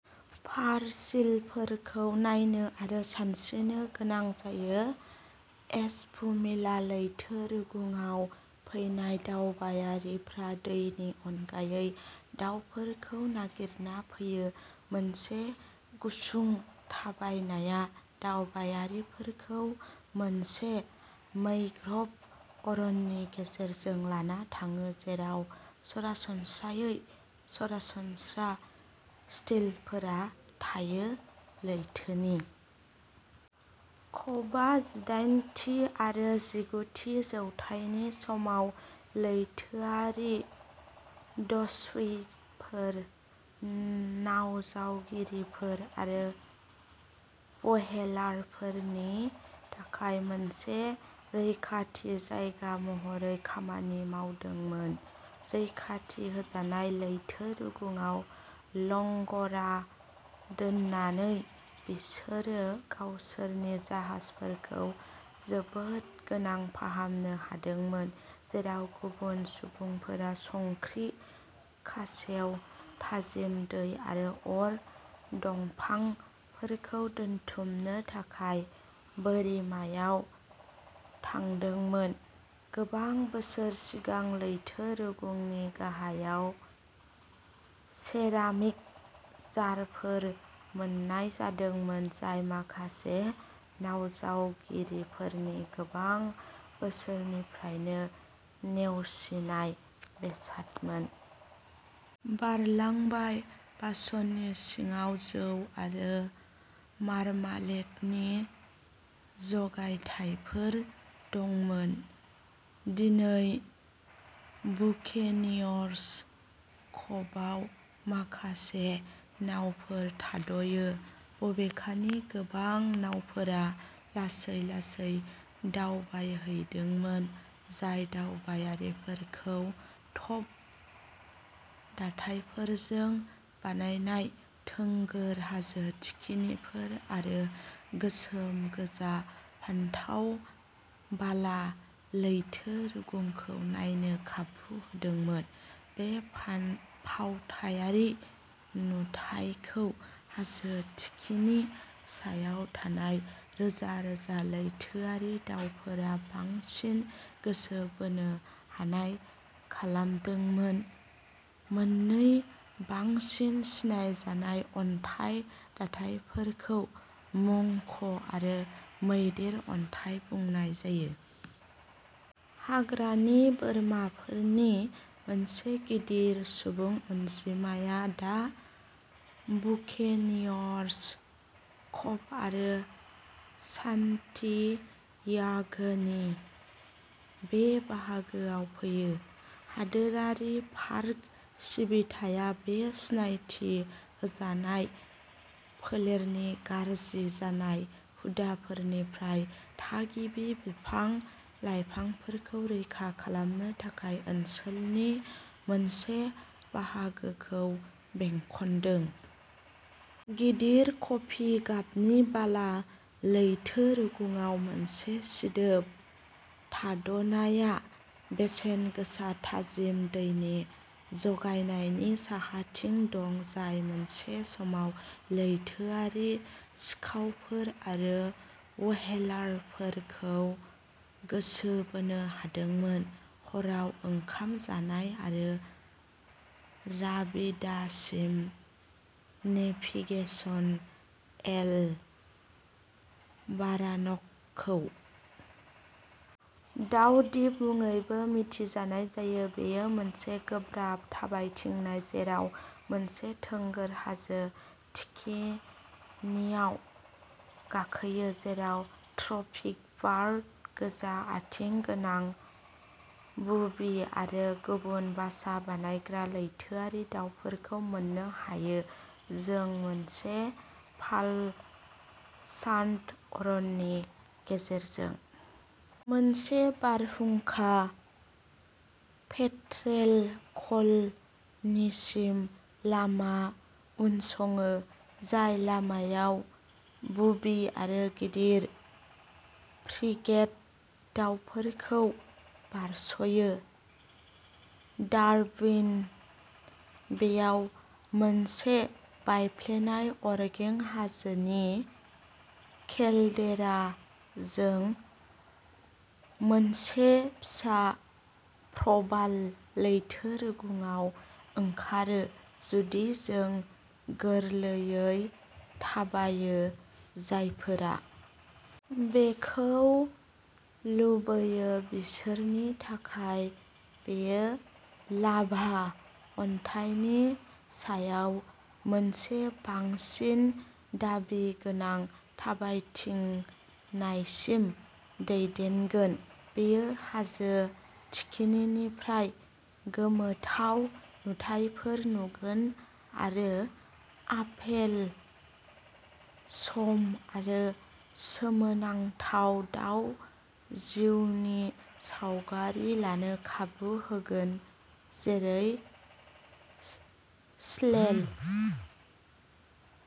फार सिलफोरखौ नायनो आरो सानस्रिनो गोनां जायो एस्पुमिला लैथो रुगुंआव फैनाय दावबायारिफ्रा दैनि अनगायै दाउफोरखौ नागिरना फैयो मोनसे गुसुं थाबायनाया दावबायारिफोरखौ मोनसे मैंग्र'भ अरननि गेजेरजों लाना थाङो जेराव सरासनस्रायै सरासनस्रा स्टिल्टफोरा थायो लैथोनि कभआ जिदाइन थि आरो जिगु थि जौथाइनि समाव लैथोआरि दस्युफोर नावजावगिरिफोर आरो व्हेलारफोरनि थाखाय मोनसे रैखाथि जायगा महरै खामानि मावदोंमोन रैखाथि होजानाय लैथो रुगुंआव लंग'रा दोननानै बिसोरो गावसोरनि जाहाजफोरखौ जोबोद गोनां फाहामनो हादोंमोन जेराव गुबुन सुबुंफोरा संख्रि खासेव थाजिम दै आरो अर दंफांफोरखौ दोनथुमनो थाखाय बोरिमायाव थांदोंमोन गोबां बोसोर सिगां लैथो रुगुंनि गाहायाव सेरामिक जारफोर मोन्नाय जादोंमोन जाय माखासे नावजावगिरिफोरनि गोबां बोसोरनिफ्रायनो नेवसिनाय बेसादमोन। बारलांबाय। बासननि सिङाव जौ आरो मार्मालेडनि जगायथायफोर दंमोन। दिनै बुकेनियर्स कभआव माखासे नावफोर थाथ'यो बबेखानि गोबां नावफोरा लासै-लासै दावबायहैदोंमोन जाय दावबायारिफोरखौ टफ दाथायफोरजों बानायनाय थोंगोर हाजो थिखिनिफोर आरो गोसोम गोजा फान फान्थाव बाला लैथो रुगुंखौ नायनो खाबु होदोंमोन बे फावथायारि नुथायखौ हाजो थिखिनि सायाव थानाय रोजा रोजा लैथोआरि दावफोरा बांसिन गोसो बोनो हानाय खालामदोंमोन मोननै बांसिन सिनायजानाय अन्थाइ दाथायफोरखौ मंक आरो मैदेर अन्थाइ बुंनाय जायो। हाग्रानि बोरमाफोरनि मोनसे गिदिर सुबुं अनजिमाया दा बुकेनियर्स कभ आरो सान्टियागोनि बे बाहागोआव फैयो। हादोरारि पार्क सिबिथाया बे सिनायथि होजानाय फोलेरनि गाज्रि जानाय हुदाफोरनिफ्राय थागिबि बिफां लाइफांफोरखौ रैखा खालामनो थाखाय ओनसोलनि मोनसे बाहागोखौ बेंखनदों। गिदिर कफि गाबनि बाला लैथो रुगुंआव मोनसे सिदोब थाथ'नायआ बेसेनगोसा थाजिम दैनि जगायनायनि साहाथिं दं जाय मोनसे समाव लैथोआरि सिखावफोर आरो व्हेलारफोरखौ गोसो बोनो हादोंमोन हराव ओंखाम जानाय आरो राबिदासिम नेभिगेसन एल बारानक'खौ दाउ दिप मुङैबो मिथिनाय जायो बेयो मोनसे गोब्राब थाबायथिंनाय जेराव मोनसे थोंगोर हाजो थिखिनियाव गाखोयो जेराव ट्रपिकबार्ड गोजा आथिं गोनां बुबि आरो गुबुन बासा बानायग्रा लैथोआरि दावफोरखौ मोननो हायो जों मोनसे पाल'सान्ट'अरननि गेजेरजों मोनसे बारहुंखा पेट्रेल कल'निसिम लामा उनसङो जाय लामायाव बुबि आरो गिदिर फ्रिगेट दावफोरखौ बारस'यो डारविन बेआव मोनसे बायफ्लेनाय अरगें हाजोनि केल्डेरा जों मोनसे फिसा प्रबाल लैथो रुगुंआव ओंखारो जुदि जों गोरलैयै थाबायो जायफोरा बेखौ लुबैयो बिसोरनि थाखाय बेयो लाभा अन्थाइनि सायाव मोनसे बांसिन दाबि गोनां थाबायथिंनायसिम दैदेनगोन बेयो हाजो थिखिनिनिफ्राय गोमोथाव नुथायफोर नुगोन आरो आपेल सम आरो सोमोनांथाव दाव जिउनि सावगारि लानो खाबु होगोन जेरै स्लेल'